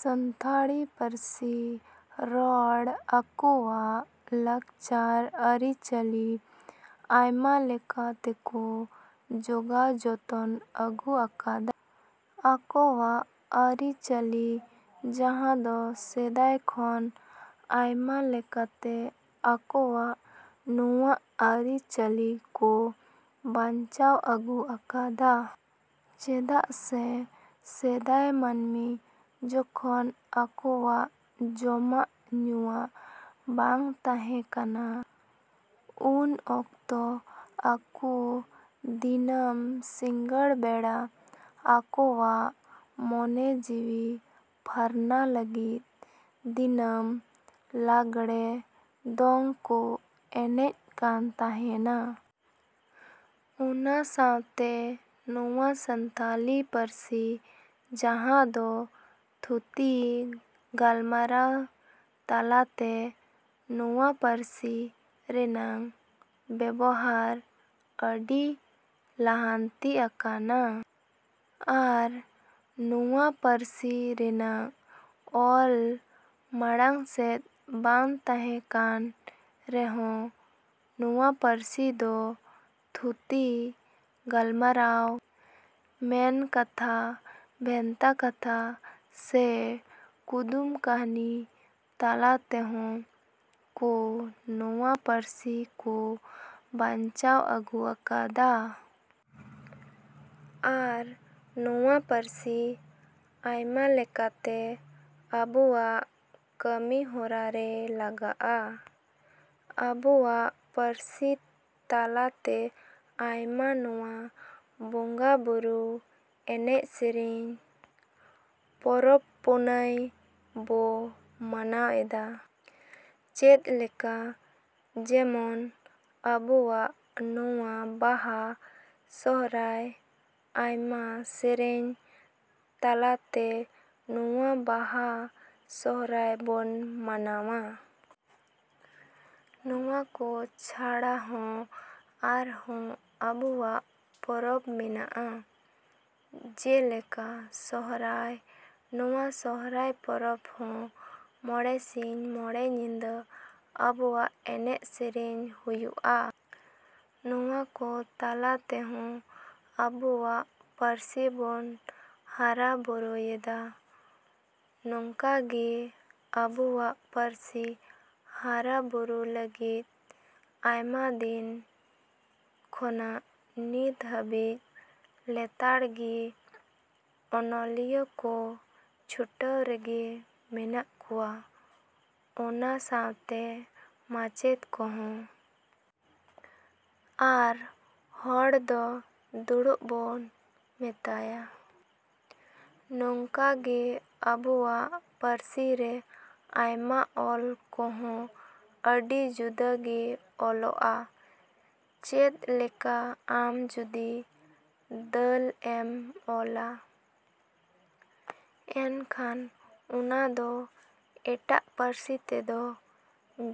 ᱥᱟᱱᱛᱟᱲᱤ ᱯᱟᱹᱨᱥᱤ ᱨᱚᱲ ᱟᱠᱚᱣᱟᱜ ᱞᱟᱠᱪᱟᱨ ᱟᱹᱨᱤᱪᱟᱹᱞᱤ ᱟᱭᱢᱟ ᱞᱮᱠᱟ ᱛᱮᱠᱚ ᱡᱳᱜᱟᱣ ᱡᱚᱛᱚᱱ ᱟᱹᱜᱩ ᱟᱠᱟᱫᱟ᱾ ᱟᱠᱚᱣᱟᱜ ᱟᱹᱨᱤ-ᱪᱟᱹᱞᱤ ᱡᱟᱦᱟᱸ ᱫᱚ ᱥᱮᱫᱟᱭ ᱠᱷᱚᱱ ᱟᱭᱢᱟ ᱞᱮᱠᱟᱛᱮ ᱟᱠᱚᱣᱟᱜ ᱱᱚᱣᱟ ᱟᱹᱨᱤ-ᱪᱟᱹᱞᱤ ᱠᱚ ᱵᱟᱧᱪᱟᱣ ᱟᱹᱜᱩ ᱟᱠᱟᱫᱟ᱾ ᱪᱮᱫᱟᱜ ᱥᱮ ᱥᱮᱫᱟᱭ ᱢᱟᱹᱱᱢᱤ ᱡᱚᱠᱷᱚᱱ ᱟᱠᱚᱣᱟᱜ ᱡᱚᱢᱟᱜ ᱧᱩᱣᱟᱜ ᱵᱟᱝ ᱛᱟᱦᱮᱸ ᱠᱟᱱᱟ, ᱩᱱ ᱚᱠᱛᱚ ᱟᱠᱚ ᱫᱤᱱᱟᱹᱢ ᱥᱤᱸᱜᱟᱹᱲ ᱵᱮᱲᱟ ᱟᱠᱚᱣᱟᱜ ᱢᱚᱱᱮ ᱡᱤᱣᱤ ᱯᱷᱟᱨᱱᱟ ᱞᱟᱹᱜᱤᱫ ᱫᱤᱱᱟᱹᱢ ᱞᱟᱜᱽᱲᱮ ᱫᱚᱝ ᱠᱚ ᱮᱱᱮᱡ ᱠᱟᱱ ᱛᱟᱦᱮᱱᱟ᱾ ᱚᱱᱟ ᱥᱟᱶᱛᱮ ᱱᱚᱣᱟ ᱥᱟᱱᱛᱟᱞᱤ ᱯᱟᱹᱨᱥᱤ ᱡᱟᱦᱟᱸ ᱫᱚ ᱛᱷᱩᱛᱤ ᱜᱟᱞᱢᱟᱨᱟᱣ ᱛᱟᱞᱟᱛᱮ ᱱᱚᱣᱟ ᱯᱟᱹᱨᱥᱤ ᱨᱮᱱᱟᱜ ᱵᱮᱵᱚᱦᱟᱨ ᱟᱹᱰᱤ ᱞᱟᱦᱟᱱᱛᱤ ᱟᱠᱟᱱᱟ᱾ ᱟᱨ ᱱᱚᱣᱟ ᱯᱟᱹᱨᱥᱤ ᱨᱮᱱᱟᱜ ᱚᱞ ᱢᱟᱲᱟᱝ ᱥᱮᱫ ᱵᱟᱝ ᱛᱟᱦᱮᱸ ᱠᱟᱱ ᱨᱮᱦᱚᱸ ᱱᱚᱣᱟ ᱯᱟᱹᱨᱥᱤ ᱫᱚ ᱛᱷᱩᱛᱤ ᱜᱟᱞᱢᱟᱨᱟᱣ, ᱢᱮᱱᱠᱟᱛᱷᱟ, ᱵᱷᱮᱱᱛᱟ ᱠᱟᱛᱷᱟ ᱥᱮ ᱠᱩᱫᱩᱢ ᱠᱟᱹᱦᱱᱤ ᱛᱟᱞᱟ ᱛᱮᱦᱚᱸ ᱠᱚ ᱱᱚᱣᱟ ᱯᱟᱹᱨᱥᱤ ᱠᱚ ᱵᱟᱧᱪᱟᱣ ᱟᱹᱜᱩ ᱟᱠᱟᱫᱟ᱾ ᱟᱨ ᱱᱚᱣᱟ ᱯᱟᱹᱨᱥᱤ ᱟᱭᱢᱟ ᱞᱮᱠᱟᱛᱮ ᱟᱵᱚᱣᱟᱜ ᱠᱟᱹᱢᱤ ᱦᱚᱨᱟ ᱨᱮ ᱞᱟᱜᱟᱜᱼᱟ᱾ ᱟᱵᱚᱣᱟᱜ ᱯᱟᱹᱨᱥᱤ ᱛᱟᱞᱟᱛᱮ ᱟᱭᱢᱟ ᱱᱚᱣᱟ ᱵᱚᱸᱜᱟ-ᱵᱩᱨᱩ, ᱮᱱᱮᱡ ᱥᱮᱨᱮᱧ, ᱯᱚᱨᱚᱵᱽ-ᱯᱩᱱᱟᱹᱭ ᱵᱚ ᱢᱟᱱᱟᱣ ᱮᱫᱟ᱾ ᱪᱮᱫ ᱞᱮᱠᱟ ᱡᱮᱢᱚᱱ ᱟᱵᱚᱣᱟᱜ ᱱᱚᱣᱟ ᱵᱟᱦᱟ, ᱥᱚᱦᱨᱟᱭ ᱟᱭᱢᱟ ᱥᱮᱨᱮᱧ ᱛᱟᱞᱟᱛᱮ ᱱᱚᱣᱟ ᱵᱟᱦᱟ ᱥᱚᱦᱨᱟᱭ ᱵᱚᱱ ᱢᱟᱱᱟᱣᱟ᱾ ᱱᱚᱣᱟᱠᱚ ᱪᱷᱟᱲᱟ ᱦᱚᱸ ᱟᱨᱦᱚᱸ ᱟᱵᱚᱣᱟᱜ ᱯᱚᱨᱚᱵᱽ ᱢᱮᱱᱟᱜᱼᱟ ᱡᱮᱞᱮᱠᱟ ᱥᱚᱦᱨᱟᱭ᱾ ᱱᱚᱣᱟ ᱥᱚᱦᱨᱟᱭ ᱯᱚᱨᱚᱵᱽ ᱦᱚᱸ ᱢᱚᱬᱮ ᱥᱤᱧ ᱢᱚᱬᱮ ᱧᱤᱫᱟᱹ ᱟᱵᱚᱣᱟᱜ ᱮᱱᱮᱡ ᱥᱮᱨᱮᱧ ᱦᱩᱭᱩᱜᱼᱟ᱾ ᱱᱚᱣᱟᱠᱚ ᱛᱟᱞᱟ ᱛᱮᱦᱚᱸ ᱟᱵᱚᱣᱟᱜ ᱯᱟᱹᱨᱥᱤᱵᱚᱱ ᱦᱟᱨᱟ-ᱵᱩᱨᱩᱭᱮᱫᱟ᱾ ᱱᱚᱝᱠᱟᱜᱮ ᱟᱵᱚᱣᱟᱜ ᱯᱟᱹᱨᱥᱤ ᱦᱟᱨᱟ-ᱵᱩᱨᱩ ᱞᱟᱹᱜᱤᱫ ᱟᱭᱢᱟ ᱫᱤᱱ ᱠᱷᱚᱱᱟᱜ ᱱᱤᱛ ᱦᱟᱹᱵᱤᱡ ᱞᱮᱛᱟᱲᱜᱮ ᱚᱱᱚᱞᱤᱭᱟᱹ ᱠᱚ ᱪᱷᱩᱴᱟᱹᱣ ᱨᱮᱜᱮ ᱢᱮᱱᱟᱜ ᱠᱚᱣᱟ ᱚᱱᱟ ᱥᱟᱶᱛᱮ ᱢᱟᱪᱮᱫ ᱠᱚᱦᱚᱸ᱾ ᱟᱨ ᱦᱚᱲ ᱫᱚ ᱫᱩᱲᱩᱵ ᱵᱚᱱ ᱢᱮᱛᱟᱭᱟ᱾ ᱱᱚᱝᱠᱟᱜᱮ ᱟᱵᱚᱣᱟᱜ ᱯᱟᱹᱨᱥᱤ ᱨᱮ ᱟᱭᱢᱟ ᱚᱞ ᱠᱚᱦᱚᱸ ᱟᱹᱰᱤ ᱡᱩᱫᱟᱹᱜᱮ ᱚᱞᱚᱜᱼᱟ᱾ ᱪᱮᱫ ᱞᱮᱠᱟ ᱟᱢ ᱡᱩᱫᱤ ᱫᱟᱹᱞ ᱮᱢ ᱚᱞᱟ ᱮᱱᱠᱷᱟᱱ ᱚᱱᱟ ᱫᱚ ᱮᱴᱟᱜ ᱯᱟᱹᱨᱥᱤ ᱛᱮᱫᱚ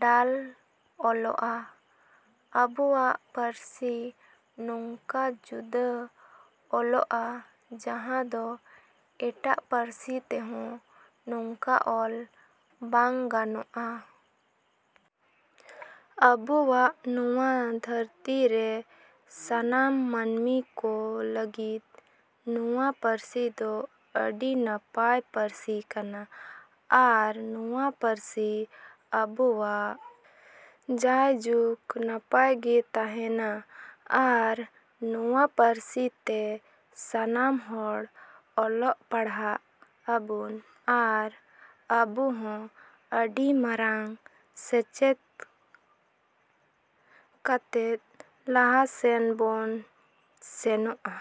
ᱰᱟᱞ ᱚᱞᱚᱜᱼᱟ᱾ ᱟᱵᱚᱣᱟᱜ ᱯᱟᱹᱨᱥᱤ ᱱᱚᱝᱠᱟ ᱡᱩᱫᱟᱹ ᱚᱞᱚᱜᱼᱟ ᱡᱟᱦᱟᱸ ᱫᱚ ᱮᱴᱟᱜ ᱯᱟᱹᱨᱥᱤ ᱛᱮᱦᱚᱸ ᱱᱚᱝᱠᱟ ᱚᱞ ᱵᱟᱝ ᱜᱟᱱᱚᱜᱼᱟ᱾ ᱟᱵᱚᱣᱟᱜ ᱱᱚᱣᱟ ᱫᱷᱟᱹᱨᱛᱤ ᱨᱮ ᱥᱟᱱᱟᱢ ᱢᱟᱹᱱᱢᱤ ᱠᱚ ᱞᱟᱹᱜᱤᱫ ᱱᱚᱣᱟ ᱯᱟᱹᱨᱥᱤ ᱫᱚ ᱟᱹᱰᱤ ᱱᱟᱯᱟᱭ ᱯᱟᱹᱨᱥᱤ ᱠᱟᱱᱟ ᱟᱨ ᱱᱚᱣᱟ ᱯᱟᱹᱨᱥᱤ ᱟᱵᱚᱣᱟᱜ ᱡᱟᱭᱡᱩᱜᱽ ᱱᱟᱯᱟᱭᱜᱮ ᱛᱟᱦᱮᱱᱟ ᱟᱨ ᱱᱚᱣᱟ ᱯᱟᱹᱨᱥᱤ ᱛᱮ ᱥᱟᱱᱟᱢ ᱦᱚᱲ ᱚᱞᱚᱜ ᱯᱟᱲᱦᱟᱜ ᱟᱵᱚᱱ ᱟᱨ ᱟᱵᱚᱦᱚᱸ ᱟᱹᱰᱤ ᱢᱟᱨᱟᱝ ᱥᱮᱪᱮᱫ ᱠᱟᱛᱮᱫ ᱞᱟᱦᱟ ᱥᱮᱱ ᱵᱚᱱ ᱥᱮᱱᱚᱜᱼᱟ᱾